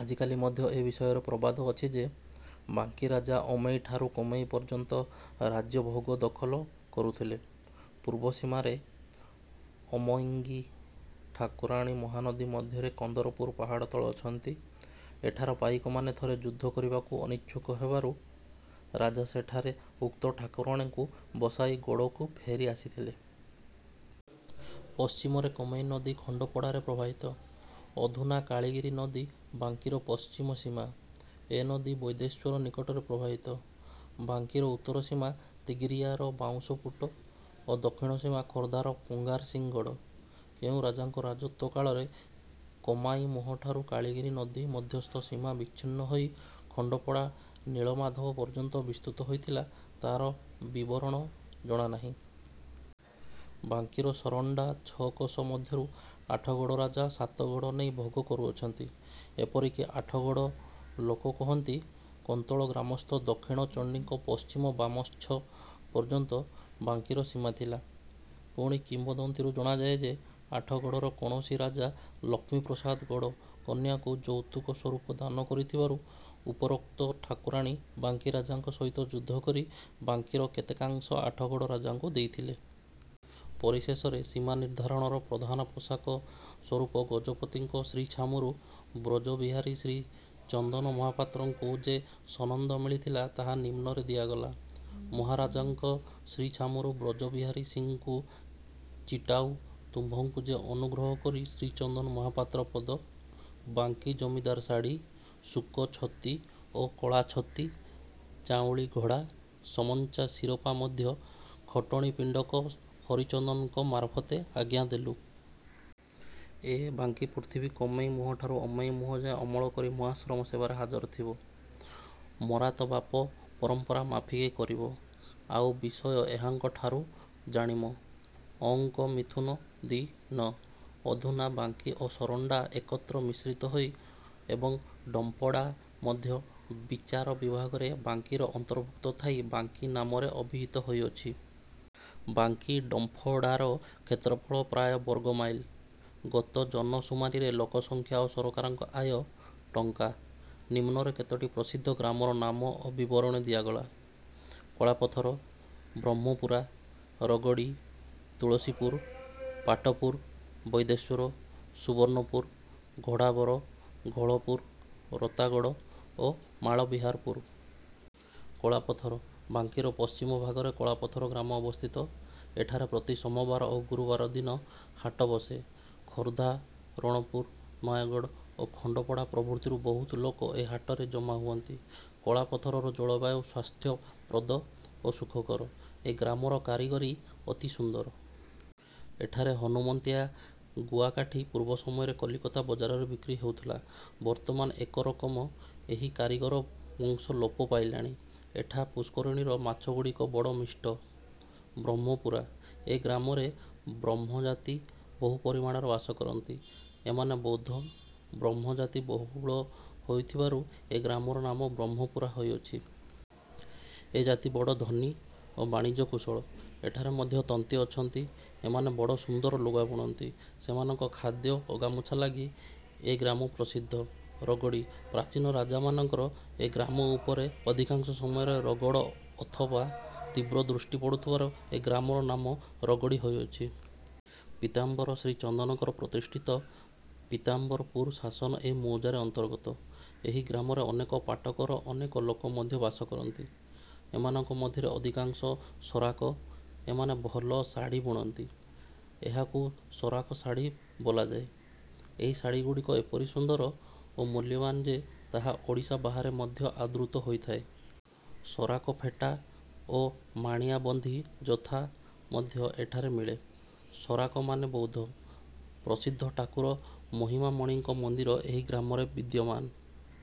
ଆଜିକାଲି ମଧ୍ୟ ଏ ବିଷୟରେ ପ୍ରବାଦ ଅଛି ଯେ, ବାଙ୍କୀରାଜା ଅମେଇଁଠାରୁ କମେଇଁ ପର୍ଯ୍ୟନ୍ତ ରାଜ୍ୟ ଭୋଗ ଦଖଲ କରୁଥିଲେ। ପୂର୍ବ ସୀମାରେ ଅମଙ୍ଗେଇ ଠାକୁରାଣୀ ମହାନଦୀ ମଧ୍ୟରେ କନ୍ଦରପୁର ପାହାଡ଼ ତଳେ ଅଛନ୍ତି। ଏଠାର ପାଇକମାନେ ଥରେ ଯୁଦ୍ଧ କରିବାକୁ ଅନିଚ୍ଛୁକ ହେବାରୁ ରାଜା ସେଠାରେ ଉକ୍ତ ଠାକୁରାଣୀଙ୍କୁ ବସାଇ ଗଡ଼କୁ ଫେରି ଆସିଥିଲେ। ପଶ୍ଚିମରେ କମେଇଁ ନଦୀ ଖଣ୍ଡପଡ଼ାରେ ପ୍ରବାହିତ। ଅଧୁନା କାଳିଗିରି ନଦୀ ବାଙ୍କୀର ପଶ୍ଚିମ ସୀମା। ଏ ନଦୀ ବୈଦ୍ୟେଶ୍ଵର ନିକଟରେ ପ୍ରବାହିତ। ବାଙ୍କୀର ଉତ୍ତର ସୀମା ତିଗିରିଆର ବାଉଁଶପୁଟ ଓ ଦକ୍ଷିଣ ସୀମା ଖୋର୍ଦ୍ଧାର ପଙ୍ଗାରସିଂହ ଗଡ଼। କେଉଁ ରାଜାଙ୍କ ରାଜତ୍ୱ କାଳରେ କମାଇଁ ମୁହଁଠାରୁ କାଳିଗିରି ନଦୀ ମଧ୍ୟସ୍ଥ ସୀମା ବିଚ୍ଛିନ୍ନ ହୋଇ ଖଣ୍ଡପଡ଼ା ନୀଳମାଧବଙ୍କ ପର୍ଯ୍ୟନ୍ତ ବିସ୍ତୃତ ହୋଇଥିଲା, ତା'ର ବିବରଣ ଜଣା ନାହିଁ। ବାଙ୍କୀର ସରଣ୍ଡା ଛଅ କୋଶ ମଧ୍ୟରୁ ଆଠଗଡ଼ ରାଜା ସାତଗଡ଼ ନେଇ ଭୋଗ କରୁଅଛନ୍ତି। ଏପରି କି ଆଠଗଡ଼ ଲୋକେ କହନ୍ତି−କନ୍ତୋଲ ଗ୍ରାମସ୍ଥ ଦକ୍ଷିଣ ଚଣ୍ଡୀଙ୍କ ପଶ୍ଚିମ ପାବଚ୍ଛ ପର୍ଯ୍ୟନ୍ତ ବାଙ୍କୀର ସୀମା ଥିଲା। ପୁଣି କିମ୍ବଦନ୍ତୀରୁ ଜଣାଯାଏ ଯେ, ଆଠଗଡ଼ର କୌଣସି ରାଜା ଲକ୍ଷ୍ମୀ ପ୍ରସାଦ ଗଡ଼ କନ୍ୟାକୁ ଯୌତୁକ ସ୍ୱରୂପ ଦାନ କରିଥିବାରୁ, ଉପରୋକ୍ତ ଠାକୁରାଣୀ ବାଙ୍କୀ ରାଜାଙ୍କ ସହିତ ଯୁଦ୍ଧ କରି ବାଙ୍କୀର କେତେକାଂଶ ଆଠଗଡ଼ ରାଜାଙ୍କୁ ଦେଇଥିଲେ। ପରିଶେଷରେ ସୀମା ନିର୍ଦ୍ଧାରଣର ପ୍ରଧାନ ପୋଷକ ସ୍ୱରୂପ ଗଜପତିଙ୍କ ଶ୍ରୀଛାମୁରୁ ବ୍ରଜବିହାରୀ ଶ୍ରୀଚନ୍ଦନ ମହାପାତ୍ରଙ୍କୁ ଯେ ସନନ୍ଦ ମିଳିଥିଲା, ତାହା ନିମ୍ନରେ ଦିଆଗଲା- ମହାରାଜଙ୍କ ଶ୍ରୀଛାମୁରୁ ବ୍ରଜବିହାରୀ ସିଂହଙ୍କୁ ଚିଟାଉ ତୁମ୍ଭଙ୍କୁ ଯେ ଅନୁଗ୍ରହ କରି ଶ୍ରୀଚନ୍ଦନ ମହାପାତ୍ର ପଦ, ବାଙ୍କୀ ଜମିଦାର ଶାଢ଼ି, ଶୁକ ଛତି ଓ କଳା ଛତି, ଯାଉଁଳି ଘୋଡ଼ା, ସମଞ୍ଚା ଶିରୋପା ମଧ୍ୟ ଖଟଣୀ ପିଣ୍ଡିକ ହରିଚନ୍ଦନଙ୍କ ମାରଫତେ ଆଜ୍ଞା ଦେଲୁ। ଏ ବାଙ୍କୀ ପୃଥିବୀ କମାଇଁ ମୁହଁଠାରୁ ଅମାଇଁ ମୁହଁଯାଏ ଅମଳ କରି ମହାଶ୍ରମ ସେବାରେ ହାଜରଥିବ। ମରାତ୍ ବାପ ପରମ୍ପରା ମାଫିକେ କରିବ। ଆଉ ବିଷୟ ଏହାଙ୍କଠାରୁ ଜାଣିମ। "ଅ ଙ୍କ ମିଥୁନ ଦି ନ'' ଅଧୁନା ବାଙ୍କୀ ଓ ସରଣ୍ଡା ଏକତ୍ର ମିଶ୍ରିତ ହୋଇ ଏବଂ ଡମ୍ପଡ଼ା ମଧ୍ୟ ବିଚାର ବିଭାଗରେ ବାଙ୍କୀର ଅନ୍ତର୍ଭୁକ୍ତ ଥାଇ ବାଙ୍କୀ ନାମରେ ଅଭିହିତ ହେଉଅଛି। ବାଙ୍କୀ ଡମ୍ଫଡ଼ାର କ୍ଷେତ୍ରଫଳ ପ୍ରାୟ ବର୍ଗ ମାଇଲ; ଗତ ଜନ−ସୁମାରୀରେ ଲୋକସଂଖ୍ୟା ଓ ସରକାରଙ୍କ ଆୟ ଟ. ଙ୍କା। ନିମ୍ନରେ କେତୋଟି ପ୍ରସିଦ୍ଧ ଗ୍ରାମର ନାମ ଓ ବିବରଣ ଦିଆଗଲା। କଳାପଥର, ବ୍ରହ୍ମପୁରା, ରଗଡ଼ୀ, ତୁଳସୀପୁର, ପାଟପୁର, ବୈଦ୍ୟେଶ୍ଵର, ସୁବର୍ଣ୍ଣପୁର, ଘୋଡ଼ାବର, ଘୋଳପୁର, ରତାଗଡ଼ ଓ ମାଳବିହାରପୁର। କଳାପଥର- ବାଙ୍କୀର ପଶ୍ଚିମ ଭାଗରେ କଳାପଥର ଗ୍ରାମ ଅବସ୍ଥିତ। ଏଠାରେ ପ୍ରତି ସୋମବାର ଓ ଗୁରୁବାର ଦିନ ହାଟ ବସେ। ଖୋରଧା, ରଣପୁର, ନୟାଗଡ଼ ଓ ଖଣ୍ଡପଡ଼ା ପ୍ରଭୃତିରୁ ବହୁତ ଲୋକ ଏ ହାଟରେ ଜମା ହୁଅନ୍ତି। କଳାପଥରର ଜଳବାୟୁ ସ୍ୱାସ୍ଥ୍ୟପ୍ରଦ ଓ ସୁଖକର। ଏ ଗ୍ରାମର କାରିଗରି ଅତି ସୁନ୍ଦର। ଏଠାରେ ହନୁମନ୍ତିଆ ଗୁଆକାଠି ପୂର୍ବ ସମୟରେ କଲିକତା ବଜାରରେ ବିକ୍ରୟ ହେଉଥିଲା। ବର୍ତ୍ତମାନ ଏକ ରକମ ଏ କାରିଗର ବଂଶ ଲୋପ ପାଇଲାଣି। ଏଠା ପୁଷ୍କରିଣୀର ମାଛଗୁଡ଼ିକ ବଡ଼ ମିଷ୍ଟ। ବ୍ରହ୍ମପୁରା- ଏ ଗ୍ରାମରେ ବ୍ରହ୍ମଜାତି ବହୁ ପରିମାଣରେ ବାସ କରନ୍ତି। ଏମାନେ ବୌଦ୍ଧ। ବ୍ରହ୍ମଜାତି ବହୁଳ ହୋଇଥିବାରୁ ଏ ଗ୍ରାମର ନାମ ବ୍ରହ୍ମପୁରା ହୋଇଅଛି। ଏ ଜାତି ବଡ଼ ଧନୀ ଓ ବାଣିଜ୍ୟ-କୁଶଳ। ଏଠାରେ ମଧ୍ୟ ତନ୍ତୀ ଅଛନ୍ତି। ଏମାନେ ବଡ଼ ସୁନ୍ଦର ଲୁଗା ବୁଣନ୍ତି। ସେମାନଙ୍କ ଖାଦ୍ୟ ଓ ଗାମୁଛା ଲାଗି ଏ ଗ୍ରାମ ପ୍ରସିଦ୍ଧ। ରଗଡ଼ୀ- ପ୍ରାଚୀନ ରାଜାମାନଙ୍କର ଏ ଗ୍ରାମ ଉପରେ ଅଧିକାଂଶ ସମୟରେ ରଗଡ଼ ଅଥବା ତୀବ୍ର ଦୃଷ୍ଟି ପଡ଼ୁଥିବାରୁ ଏ ଗ୍ରାମର ନାମ ରଗଡ଼ୀ ହୋଇଅଛି। ପୀତାମ୍ବର ଶ୍ରୀଚନ୍ଦନଙ୍କ ପ୍ରତିଷ୍ଠିତ ପୀତାମ୍ବରପୁର ଶାସନ ଏ ମୌଜାର ଅନ୍ତର୍ଗତ। ଏ ଗ୍ରାମରେ ଅନ୍ୟ ପାଟକର ଅନେକ ଲୋକ ମଧ୍ୟ ବାସ କରନ୍ତି। ଏମାନଙ୍କ ମଧ୍ୟରେ ଅଧିକାଂଶ ସରାକ। ଏମାନେ ଭଲ ଶାଢ଼ି ବୁଣନ୍ତି। ଏହାକୁ ସରାକ ଶାଢ଼ି ବୋଲାଯାଏ। ଏ ଶାଢ଼ିଗୁଡ଼ିକ ଏପରି ସୁନ୍ଦର ଓ ମୁଲ୍ୟବାନ୍ ଯେ, ତାହା ଓଡ଼ିଶା ବାହାରେ ମଧ୍ୟ ଆଦୃତ ହୋଇଥାଏ। ସରାକୀ ଫେଟା ଓ ମାଣିଆବନ୍ଧୀ ଯଥା ମଧ୍ୟ ଏଠାରେ ମିଳେ-। ସରାକମାନେ ବୌଦ୍ଧ। ପ୍ରସିଦ୍ଧ ଠାକୁର ମହିମାମଣିଙ୍କ ମନ୍ଦିର ଏହି ଗ୍ରାମରେ ବିଦ୍ୟମାନ।